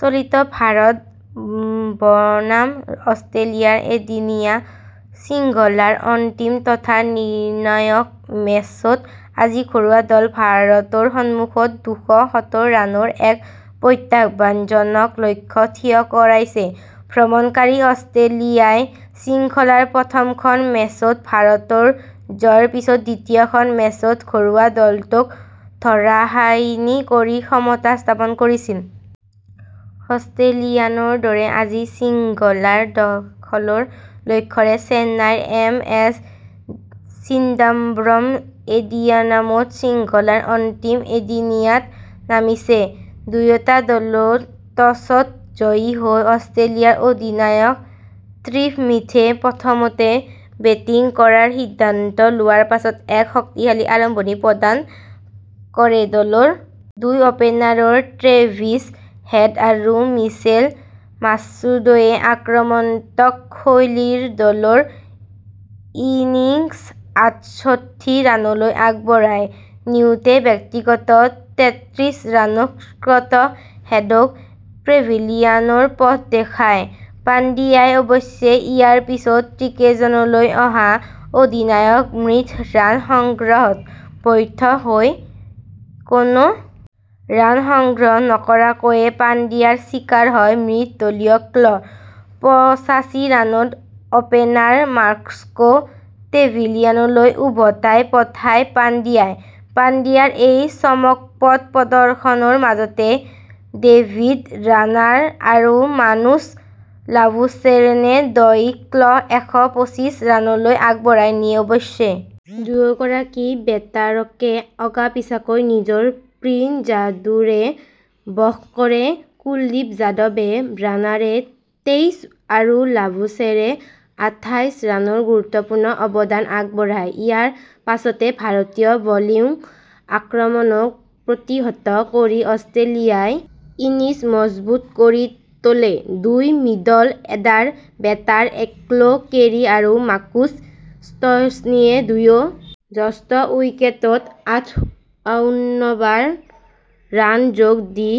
চলিত ভাৰত বনাম অষ্ট্ৰেলিয়াৰ এদিনীয়া শৃংখলাৰ অন্তিম তথা নিৰ্ণায়ক মেচত আজি ঘৰুৱা দল ভাৰতৰ সমুখত দুশ সত্তৰ ৰানৰ এক প্ৰত্যাহ্বানজনক লক্ষ্য থিয় কৰাইছে। ভ্ৰমণকাৰী অষ্ট্ৰেলিয়াই শৃংখলাৰ প্ৰথমখন মেচত ভাৰতৰ জয়ৰ পিছত দ্বিতীয়খন মেচত ঘৰুৱা দলটোক ধৰাশায়ীনি কৰি সমতা স্থাপন কৰিছিল। অষ্ট্ৰেলিয়ান দলে আজি শৃংখলা দখলৰ লক্ষ্যৰে চেন্নাইৰ এম এ চিদাম্বৰম ষ্টেডিয়ামত শৃংখলাৰ অন্তিম এদিনীয়াত নামিছে। দুয়োটা দল টছত জয়ী হৈ অষ্ট্ৰেলিয়াৰ অধিনায়ক ষ্টিভ স্মিথে প্ৰথমে বেটিং কৰাৰ সিদ্ধান্ত লোৱাৰ পাছত এক শক্তিশালী আৰম্ভণি প্ৰদান কৰে ।দলৰ দুই অপেনাৰ ট্ৰেভিছ হেড আৰু মিচেল মাৰ্শ্বেদুয়ো আক্ৰমণাত্মক শৈলীৰে দলৰ ইনিংছ আঠষষ্ঠি ৰানলৈ আগবঢ়াই নিওঁতেই ব্যক্তিগত তেত্ৰিশ ৰানৰ স্কত হেডক পেভিলিয়নৰ পথ দেখায়। পাণ্ডিয়াই অৱশ্যে ইয়াৰ পিছত ক্ৰীজলৈ অহা অধিনায়ক স্মিথ ৰান সংগ্ৰহত ব্যৰ্থ হয়। কোনো ৰান সংগ্ৰহ নকৰাকৈয়ে পাণ্ডিয়াৰ চিকাৰ হয় স্মিথ দলীয় স্ক ।পচাশী ৰানত অপেনাৰ মাৰ্শ্বকো পেভিলিয়নলৈ উভতাই পঠায় পাণ্ডিয়াই। পাণ্ডিয়াৰ এই চমকপ্ৰদ প্ৰদৰ্শনৰ মাজতে ডেভিদ ৱাৰ্ণাৰ আৰু মাৰ্নুচ লাবুশ্বেনে দলীয় স্ক এশ পঁচিছ ৰানলৈ আগবঢ়াই নিয়ে। অৱশ্যে দুয়োগৰাকী বেটাৰকে অগা-পিছাকৈ নিজৰ স্পীন যাদুৰে বশ কৰে কুলদীপ যাদৱে ৱাৰ্ণাৰে তেইছ আৰু লাবুশ্বেনে আঠাইছ ৰানৰ গুৰুত্বপূৰ্ণ অৱদান আগবঢ়ায়। ইয়াৰ পাছতে ভাৰতীয় বলিং আক্ৰমণক প্ৰতিহত কৰি অষ্ট্ৰেলিয়াৰ ইনিংছ মজবুত কৰি তোলে দুই middle order batter Alex Carey আৰু মাৰ্কুচ ষ্টইনিছে। দুয়ো ষষ্ঠ উইকেটত আঠাউন্ন ৰান যোগ দি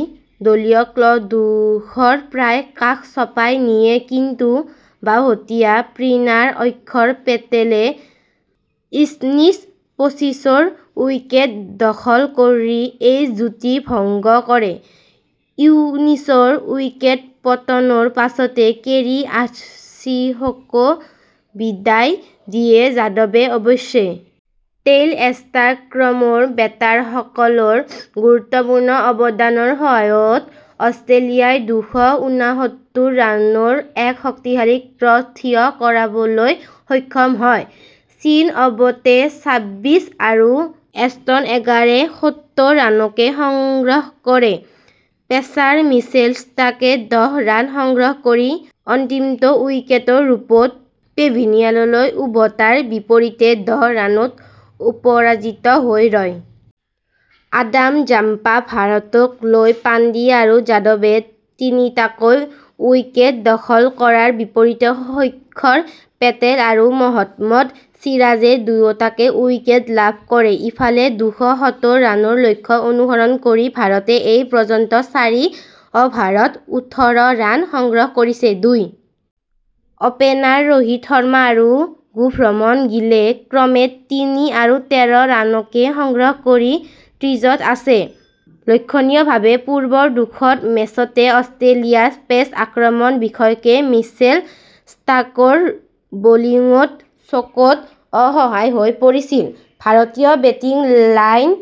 দলীয় স্ক দুশৰ প্ৰায় কাষ চপাই নিয়ে। কিন্তু বাওঁহতীয়া স্পিনাৰ অক্ষৰ পেটেলে ষ্টইনিছ পঁচিছৰ উইকেট দখল কৰি এই যুটি ভংগ কৰে। ষ্টইনিছৰ উইকেট পতনৰ পাছতে কেৰী আঠত্ৰিছকো বিদায় দিয়ে যাদৱে। অৱশ্যে টেইল এণ্ডাৰ ক্ৰমৰ বেটাৰসকলৰ গুৰুত্বপূৰ্ণ অৱদানৰ সহায়ত অষ্ট্ৰেলিয়াই দুশ উনাসত্তৰ ৰানৰ এক শক্তিশালী স্ক থিয় কৰাবলৈ সক্ষম হয়। চিন এবটে চাবিছ আৰু এষ্টন এগাৰে সোতৰ ৰানকৈ সংগ্ৰহ কৰে। পেচাৰ মিচেল ষ্টাৰ্কে দহ ৰান সংগ্ৰহ কৰি অন্তিমটো উইকেটৰ ৰূপত পেভিলিয়নলৈ উভতাৰ বিপৰীতে দহ ৰানত অপৰাজিত হৈ ৰয়। আডাম জাম্পা ভাৰতৰ হৈ পাণ্ডিয়া আৰু যাদৱে তিনিটাকৈ উইকেট দখল কৰাৰ বিপৰীতে অক্ষৰ পেটেল আৰু মহম্মদ চিৰাজে দুটাকৈ উইকেট লাভ কৰে। ইফালে দুশ সত্তৰ ৰানৰ লক্ষ্য অনুসৰণ কৰি ভাৰতে এই পৰ্যন্ত চাৰি অভাৰত ওঠৰ ৰান সংগ্ৰহ কৰিছে। দুই অপেনাৰ ৰোহিত শৰ্মা আৰু শুভমন গিলে ক্ৰমে তিনি আৰু তেৰ ৰানকৈ সংগ্ৰহ কৰি ক্ৰীজত আছে। লক্ষণীয়ভাৱে পূৰ্বৰ দুয়োখন মেচতে অষ্ট্ৰেলিয়ান পেচ আক্ৰমণ বিশেষকৈ মিচেল ষ্টাৰ্কৰ বলিঙৰ চোকত অসহায় হৈ পৰিছিল ।ভাৰতীয় বেটিং লাইন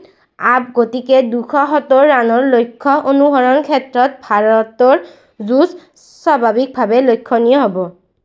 আপ, গতিকে দুশ সত্তৰ ৰানৰ লক্ষ্য অনুসৰণৰ ক্ষেত্ৰত ভাৰতৰ যুঁজ স্বাভাৱিকভাৱে লক্ষ্যণীয় হ'ব।